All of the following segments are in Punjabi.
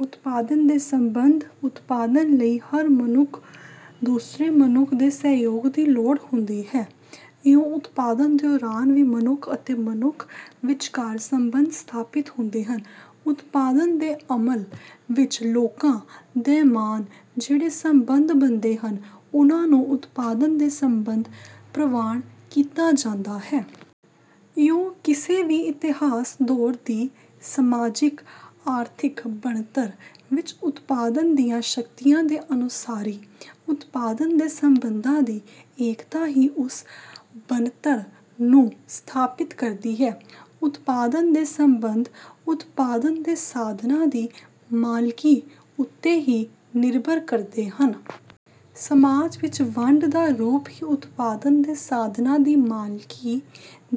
ਉਤਪਾਦਨ ਦੇ ਸੰਬੰਧ ਉਤਪਾਦਨ ਲਈ ਹਰ ਮਨੁੱਖ ਨੂੰ ਦੂਸਰੇ ਮਨੁੱਖ ਦੇ ਸਹਿਯੋਗ ਦੀ ਲੋੜ ਹੁੰਦੀ ਹੈ। ਇਉਂ ਉਤਪਾਦਨ ਦੌਰਾਨ ਵੀ ਮਨੁੱਖ ਅਤੇ ਮਨੁੱਖ ਵਿਚਕਾਰ ਸੰਬੰਧ ਸਥਾਪਿਤ ਹੁੰਦੇ ਹਨ। ਉਤਪਾਦਨ ਦੇ ਅਮਲ ਵਿੱਚ ਲੋਕਾਂ ਦਰਮਿਆਨ ਜਿਹੜੇ ਸੰਬੰਧ ਬਣਦੇ ਹਨ, ਉਨ੍ਹਾਂ ਨੂੰ ਉਤਪਾਦਨ ਦੇ ਸੰਬੰਧ ਪ੍ਰਵਾਨ ਕੀਤਾ ਜਾਂਦਾ ਹੈ। ਇਉਂ ਕਿਸੇ ਵੀ ਇਤਿਹਾਸਕ ਦੌਰ ਦੀ ਸਮਾਜਿਕ-ਆਰਥਿਕ ਬਣਤਰ ਵਿੱਚ ਉਤਪਾਦਨ ਦੀਆਂ ਸ਼ਕਤੀਆਂ ਦੇ ਅਨੁਸਾਰੀ ਉਤਪਾਦਨ ਦੇ ਸੰਬੰਧਾਂ ਦੀ ਏਕਤਾ ਹੀ ਉਸ ਬਣਤਰ ਨੂੰ ਸਥਾਪਿਤ ਕਰਦੀ ਹੈ। ਉਤਪਾਦਨ ਦੇ ਸੰਬੰਧ ਉਤਪਾਦਨ ਦੇ ਸਾਧਨਾਂ ਦੀ ਮਾਲਕੀ ਉੱਤੇ ਹੀ ਨਿਰਭਰ ਕਰਦੇ ਹਨ। ਸਮਾਜ ਵਿੱਚ ਵੰਡ ਦਾ ਰੂਪ ਵੀ ਉਤਪਾਦਨ ਦੇ ਸਾਧਨਾਂ ਦੀ ਮਾਲਕੀ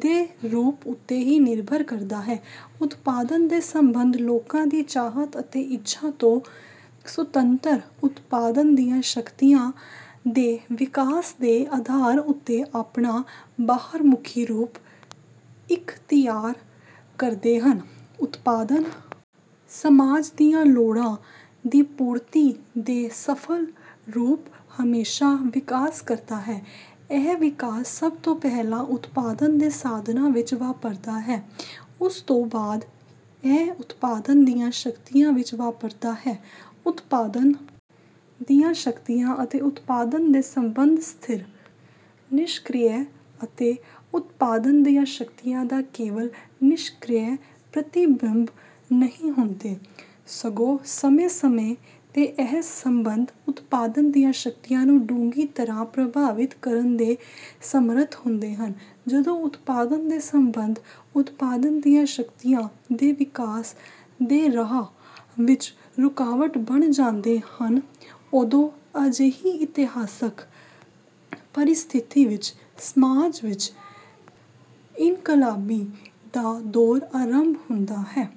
ਦੇ ਰੂਪ ਉੱਤੇ ਹੀ ਨਿਰਭਰ ਕਰਦਾ ਹੈ। ਉਤਪਾਦਨ ਦੇ ਸੰਬੰਧ ਲੋਕਾਂ ਦੀ ਚਾਹਤ ਅਤੇ ਇੱਛਾ ਤੋਂ ਸੁਤੰਤਰ, ਉਤਪਾਦਨ ਦੀਆਂ ਸ਼ਕਤੀਆਂ ਦੇ ਵਿਕਾਸ ਦੇ ਆਧਾਰ ਉੱਤੇ ਆਪਣਾ ਬਾਹਰਮੁਖੀ ਰੂਪ ਇਖ਼ਤਿਆਰ ਕਰਦੇ ਹਨ। ਉਤਪਾਦਨ ਸਮਾਜ ਦੀਆਂ ਲੋੜਾਂ ਦੀ ਪੂਰਤੀ ਦੇ ਫਲਸਰੂਪ ਹਮੇਸ਼ਾ ਵਿਕਾਸ ਕਰਦਾ ਹੈ। ਇਹ ਵਿਕਾਸ ਸਭ ਤੋਂ ਪਹਿਲਾਂ ਉਤਪਾਦਨ ਦੇ ਸਾਧਨਾਂ ਵਿੱਚ ਵਾਪਰਦਾ ਹੈ। ਉਸ ਤੋਂ ਬਾਅਦ ਇਹ ਉਤਪਾਦਨ ਦੀਆਂ ਸ਼ਕਤੀਆਂ ਵਿੱਚ ਵਾਪਰਦਾ ਹੈ। ਉਤਪਾਦਨ ਦੀਆਂ ਸ਼ਕਤੀਆਂ ਅਤੇ ਉਤਪਾਦਨ ਦੇ ਸੰਬੰਧ ਸਥਿਰ, ਨਿਸ਼ਕ੍ਰਿਯ ਅਤੇ ਉਤਪਾਦਨ ਦੀਆਂ ਸ਼ਕਤੀਆਂ ਦਾ ਕੇਵਲ ਨਿਸ਼ਕ੍ਰਿਯ ਪ੍ਰਤਿਬਿੰਬ ਨਹੀਂ ਹੁੰਦੇ, ਸਗੋਂ ਸਮੇਂ-ਸਮੇਂ ’ਤੇ ਇਹ ਸੰਬੰਧ ਉਤਪਾਦਨ ਦੀਆਂ ਸ਼ਕਤੀਆਂ ਨੂੰ ਡੂੰਘੀ ਤਰ੍ਹਾਂ ਪ੍ਰਭਾਵਿਤ ਕਰਨ ਦੇ ਸਮਰੱਥ ਹੁੰਦੇ ਹਨ ਜਦੋਂ ਉਤਪਾਦਨ ਦੇ ਸੰਬੰਧ ਉਤਪਾਦਨ ਦੀਆਂ ਸ਼ਕਤੀਆਂ ਦੇ ਵਿਕਾਸ ਦੇ ਰਾਹ ਵਿੱਚ ਰੁਕਾਵਟ ਬਣ ਜਾਂਦੇ ਹਨ, ਉਦੋਂ ਅਜਿਹੀ ਇਤਿਹਾਸਕ ਪਰਿਸਥਿਤੀ ਵਿੱਚ ਸਮਾਜ ਵਿੱਚ ਇਨਕਲਾਬਾਂ ਦਾ ਦੌਰ ਆਰੰਭ ਹੁੰਦਾ ਹੈ।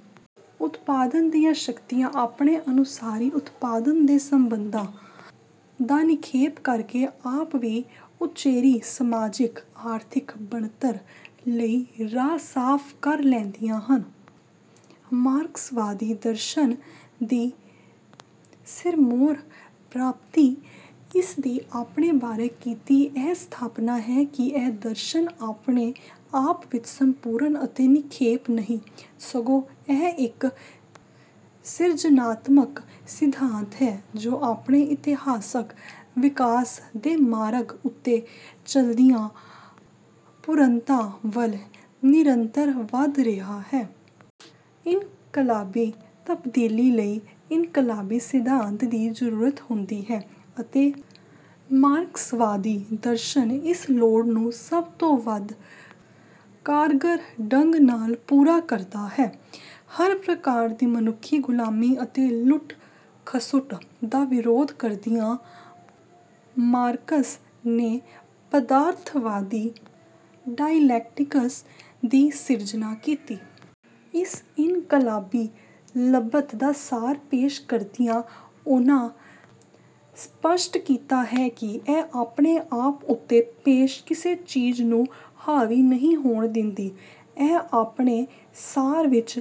ਉਤਪਾਦਨ ਦੀਆਂ ਸ਼ਕਤੀਆਂ ਆਪਣੇ ਅਨੁਸਾਰੀ ਉਤਪਾਦਨ ਦੇ ਸੰਬੰਧਾਂ ਦਾ ਨਿਖੇਧ ਕਰਕੇ ਆਪ ਵੀ ਉੱਚੇਰੀ ਸਮਾਜਿਕ-ਆਰਥਿਕ ਬਣਤਰ ਲਈ ਰਾਹ ਸਾਫ਼ ਕਰ ਲੈਂਦੀਆਂ ਹਨ। ਮਾਰਕਸਵਾਦੀ ਦਰਸ਼ਨ ਦੀ ਸਿਰਮੌਰ ਪ੍ਰਾਪਤੀ ਇਸ ਦੀ ਆਪਣੇ ਬਾਰੇ ਕੀਤੀ ਇਹ ਸਥਾਪਨਾ ਹੈ ਕਿ ਇਹ ਦਰਸ਼ਨ ਆਪਣੇ ਆਪ ਵਿੱਚ ਸੰਪੂਰਨ ਅਤੇ ਨਿਰਪੇਖ ਨਹੀਂ, ਸਗੋਂ ਇਹ ਇੱਕ ਸਿਰਜਣਾਤਮਕ ਸਿਧਾਂਤ ਹੈ, ਜੋ ਆਪਣੇ ਇਤਿਹਾਸਕ ਵਿਕਾਸ ਦੇ ਮਾਰਗ ਉੱਤੇ ਚਲਦਿਆਂ ਪੂਰਨਤਾ ਵੱਲ ਨਿਰੰਤਰ ਵਧ ਰਿਹਾ ਹੈ। ਇਨਕਲਾਬੀ ਤਬਦੀਲੀ ਲਈ ਇਨਕਲਾਬੀ ਸਿਧਾਂਤ ਦੀ ਜ਼ਰੂਰਤ ਹੁੰਦੀ ਹੈ ਅਤੇ ਮਾਰਕਸਵਾਦੀ ਦਰਸ਼ਨ ਇਸ ਲੋੜ ਨੂੰ ਸਭ ਤੋਂ ਵੱਧ ਕਾਰਗਰ ਢੰਗ ਨਾਲ ਪੂਰਾ ਕਰਦਾ ਹੈ। ਹਰ ਪ੍ਰਕਾਰ ਦੀ ਮਨੁੱਖੀ ਗੁਲਾਮੀ ਅਤੇ ਲੁੱਟ-ਖਸੁੱਟ ਦਾ ਵਿਰੋਧ ਕਰਦਿਆਂ ਮਾਰਕਸ ਨੇ ਪਦਾਰਥਵਾਦੀ ਡਾਇਲੈਕਟਿਕਸ ਦੀ ਸਿਰਜਣਾ ਕੀਤੀ। ਇਸ ਇਨਕਲਾਬੀ ਲੱਭਤ ਦਾ ਸਾਰ ਪੇਸ਼ ਕਰਦਿਆਂ ਉਨ੍ਹਾਂ ਸਪੱਸ਼ਟ ਕੀਤਾ ਹੈ ਕਿ, “ਇਹ ਆਪਣੇ ਆਪ ਉੱਤੇ ਪੇਸ਼ ਕਿਸੇ ਚੀਜ਼ ਨੂੰ ਹਾਵੀ ਨਹੀਂ ਹੋਣ ਦਿੰਦੀ; ਇਹ ਆਪਣੇ ਸਾਰ ਵਿੱਚ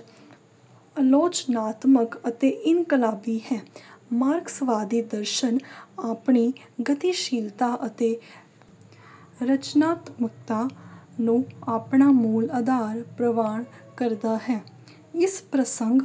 ਆਲੋਚਨਾਤਮਕ ਅਤੇ ਇਨਕਲਾਬੀ ਹੈ।”ਮਾਰਕਸਵਾਦੀ ਦਰਸ਼ਨ ਆਪਣੀ ਗਤੀਸ਼ੀਲਤਾ ਅਤੇ ਰਚਨਾਤਮਕਤਾ ਨੂੰ ਆਪਣਾ ਮੂਲ ਆਧਾਰ ਪ੍ਰਵਾਨ ਕਰਦਾ ਹੈ। ਇਸ ਪ੍ਰਸੰਗ…